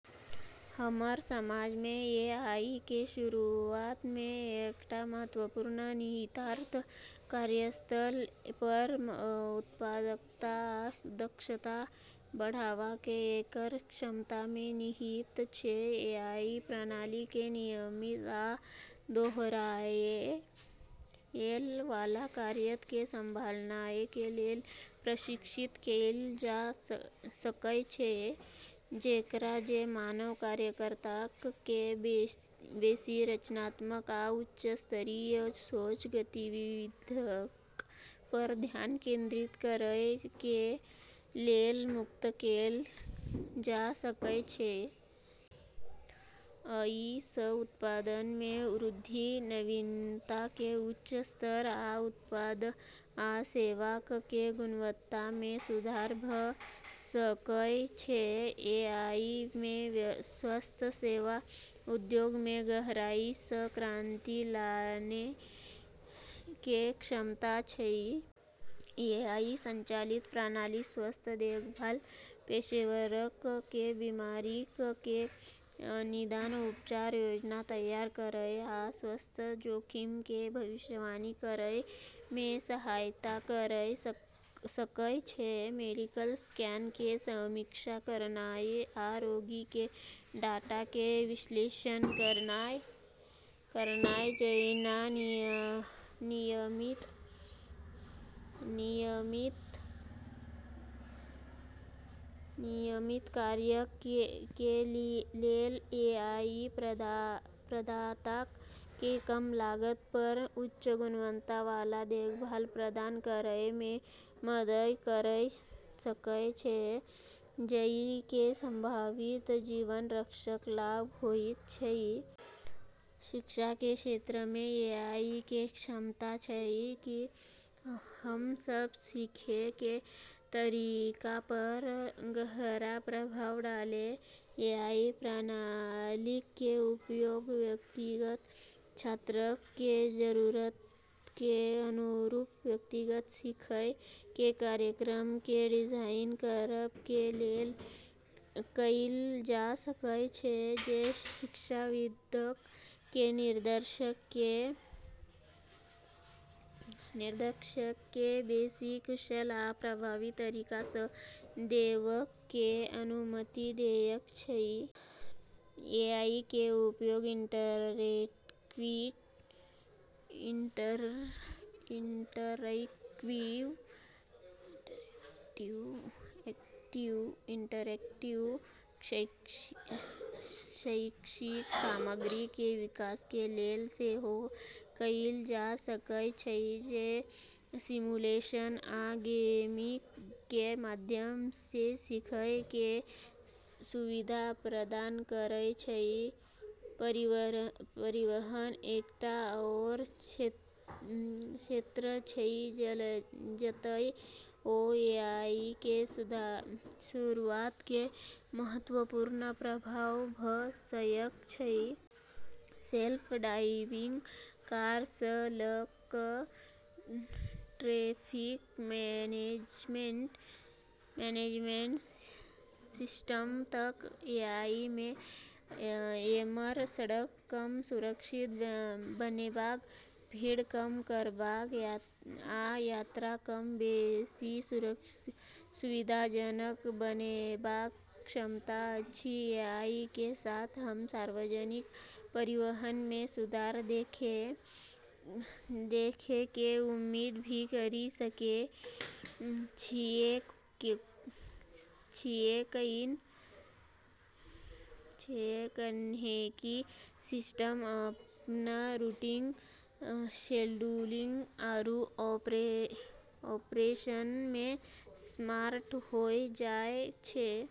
हमर समाज मे एआई कें शुरूआत कें एकटा महत्वपूर्ण निहितार्थ कार्यस्थल पर उत्पादकता आ दक्षता बढ़ावा कें एकर क्षमता मे निहित छै। एआई प्रणाली कें नियमित आ दोहराएय वाला कार्यक कें संभालनाय कें लेल प्रशिक्षित कैल जा सकय छै, जेकरा सं मानव कार्यकर्ताक कें बेसि रचनात्मक आ उच्च स्तरीय सोच गतिविधियक पर ध्यान केंद्रित करय कें लेल मुक्त कैल जा सकय छै। अइ सं उत्पादन मे वृद्धि, नवीनता कें उच्च स्तर, आ उत्पाद आ सेवाक कें गुणवत्ता मे सुधार भ सकय छै। एआई मे स्वास्थ्य सेवा उद्योग मे गहराई स क्रांति लानै के क्षमता छै। एआई संचालित प्रणाली स्वास्थ्य देखभाल पेशेवरक कें बीमारियक कें निदान, उपचार योजना तैयार करय आ स्वास्थ्य जोखिम कें भविष्यवाणी करय मे सहायता कयर सकय छै। मेडिकल स्कैन कें समीक्षा करनाय या रोगी कें डाटा कें विश्लेषण करनाय जैना नियमित कार्यक कें लेल, एआई प्रदाताक कें कम लागत पर उच्च गुणवत्ता वाला देखभाल प्रदान करय मे मदद कयर सकय छै, जइ मे संभावित जीवन रक्षक लाभ होयत छै। शिक्षा के क्षेत्र में एआई के क्षमता छै कि हम सब सीखै के तरीका पर गहरा प्रभाव डालै। एआई प्रणालीक कें उपयोग व्यक्तिगत छात्रक कें जरूरतक कें अनुरूप व्यक्तिगत सीखय कें कार्यक्रमक कें डिजाइन करय कें लेल कैल जा सकय छै, जे शिक्षाविदक कें निर्देशक कें बेसि कुशल आ प्रभावी तरीका सं देवय कें अनुमति देयत छै। एआई कें उपयोग इंटरैक्टिव शैक्षिक सामग्री कें विकास कें लेल सेहो कैल जा सकय छै, जे सिमुलेशन आ गेमिंग कें माध्यम सं सीखय कें सुविधा प्रदान करय छै। परिवहन एकटा आओर क्षेत्र छै जतय ओ एआई कें शुरूआत कें महत्वपूर्ण प्रभाव भ सकय छै। सेल्फ ड्राइविंग कार सं ल क ट्रैफिक मैनेजमेंट सिस्टम तक एआई मे हमर सड़क कए सुरक्षित बनेबाक, भीड़ कम करबाक, आ यात्रा कए बेसी सुविधाजनक बनेबाक क्षमता अछि। एआई के साथ हम सार्वजनिक परिवहन मे सुधार देखै के उम्मीद भी करी सकै छियै, कैन्हेंकि सिस्टम अपन रूटिंग, शेड्यूलिंग, आरू ऑपरेशन मे स्मार्ट होय जाय छै।